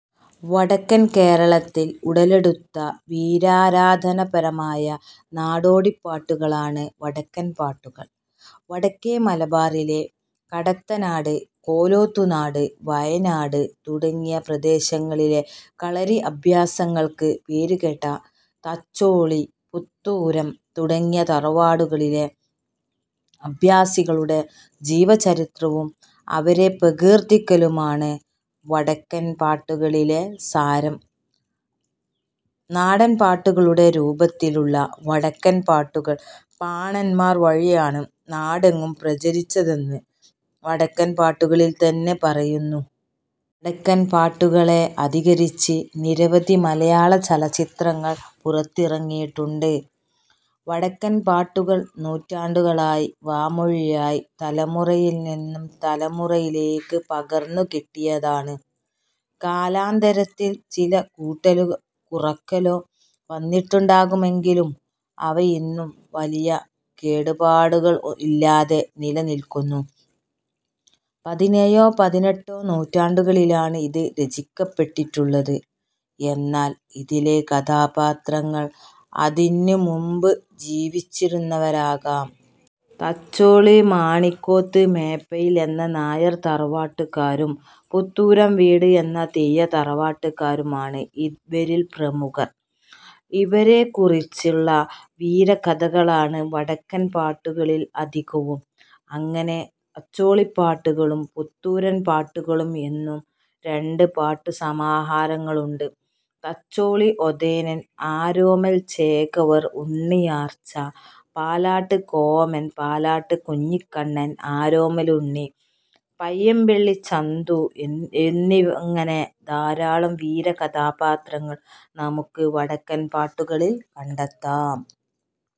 വടക്കൻ കേരളത്തിൽ ഉടലെടുത്ത വീരാരാധനാപരമായ നാടോടിപ്പാടുകളാണ് വടക്കൻ പാട്ടുകൾ. വടക്കേ മലബാറിലെ കടത്തനാട്, കോലത്തുനാട്, വയനാട് തുടങ്ങിയ പ്രദേശങ്ങളിലെ കളരി അഭ്യാസങ്ങൾക്ക് പേരുകേട്ട തച്ചോളി, പുത്തൂരം തുടങ്ങിയ തറവാടുകളിലെ അഭ്യാസികളുടെ ജീവചരിത്രവും അവരെ പ്രകീർത്തിക്കലുമാണ് വടക്കൻ പാട്ടുകളിലെ സാരം. നാടൻ പാട്ടുകളുടെ രൂപത്തിലുള്ള വടക്കൻ പാട്ടുകൾ "പാണന്മാർ" വഴിയാണ് നാടെങ്ങും പ്രചരിച്ചതെന്ന് വടക്കൻ പാട്ടുകളിൽ തന്നെ പറയുന്നു. വടക്കൻ പാട്ടുകളെ അധികരിച്ച് നിരവധി മലയാളചലച്ചിത്രങ്ങൾ പുറത്ത് ഇറങ്ങിയിട്ടുണ്ട്. വടക്കൻ പാട്ടുകൾ നൂറ്റാണ്ടുകളായി വാമൊഴിയായി തലമുറയിൽ നിന്നും തലമുറയിലേക്കു പകർന്നു കിട്ടിയതാണ്. കാലാന്തരത്തിൽ ചില കൂട്ടലോ കുറക്കലോ വന്നിട്ടുണ്ടാകാമെങ്കിലും അവയിന്നും വലിയ കേടുപാടുകൾ ഇല്ലാതെ നിലനിൽക്കുന്നു. പതിനേഴോ പതിനെട്ടോ നൂറ്റാണ്ടുകളിലാണ് ഇത് രചിക്കപ്പേട്ടിട്ടുള്ളത്. എന്നാൽ ഇതിലെ കഥാപാത്രങ്ങൾ അതിനു മുൻപ് ജീവിച്ചിരുന്നവരാകാം. "തച്ചോളി മാണിക്കോത്ത് മേപ്പയിൽ" എന്ന നായർ തറവാട്ടുകാരും "പുത്തൂരം വീട്" എന്ന തീയ തറവാട്ടുകാരും ആണ് ഇവരിൽ പ്രമുഖർ. ഇവരെക്കുറിച്ചുള്ള വീര കഥകളാണ് വടക്കൻ പാട്ടുകളിൽ അധികവും. അങ്ങനെ തച്ചോളിപ്പാട്ടുകളും പുത്തൂരം പാട്ടുകളും എന്നും രണ്ട് പാട്ടു സമാഹാരങ്ങളുണ്ട്. തച്ചോളി ഒതേനൻ, ആരോമൽ ചേകവർ, ഉണ്ണിയാർച്ച, പാലാട്ട് കോമൻ, പാലാട്ട് കുഞ്ഞിക്കണ്ണൻ, ആരോമലുണ്ണി, പയ്യമ്പിള്ളി ചന്തു എന്നിങ്ങനെ ധാരാളം വീര കഥാപാത്രങ്ങളെ നമുക്കു വടക്കൻ പാട്ടുകളിൽ കണ്ടെത്താം.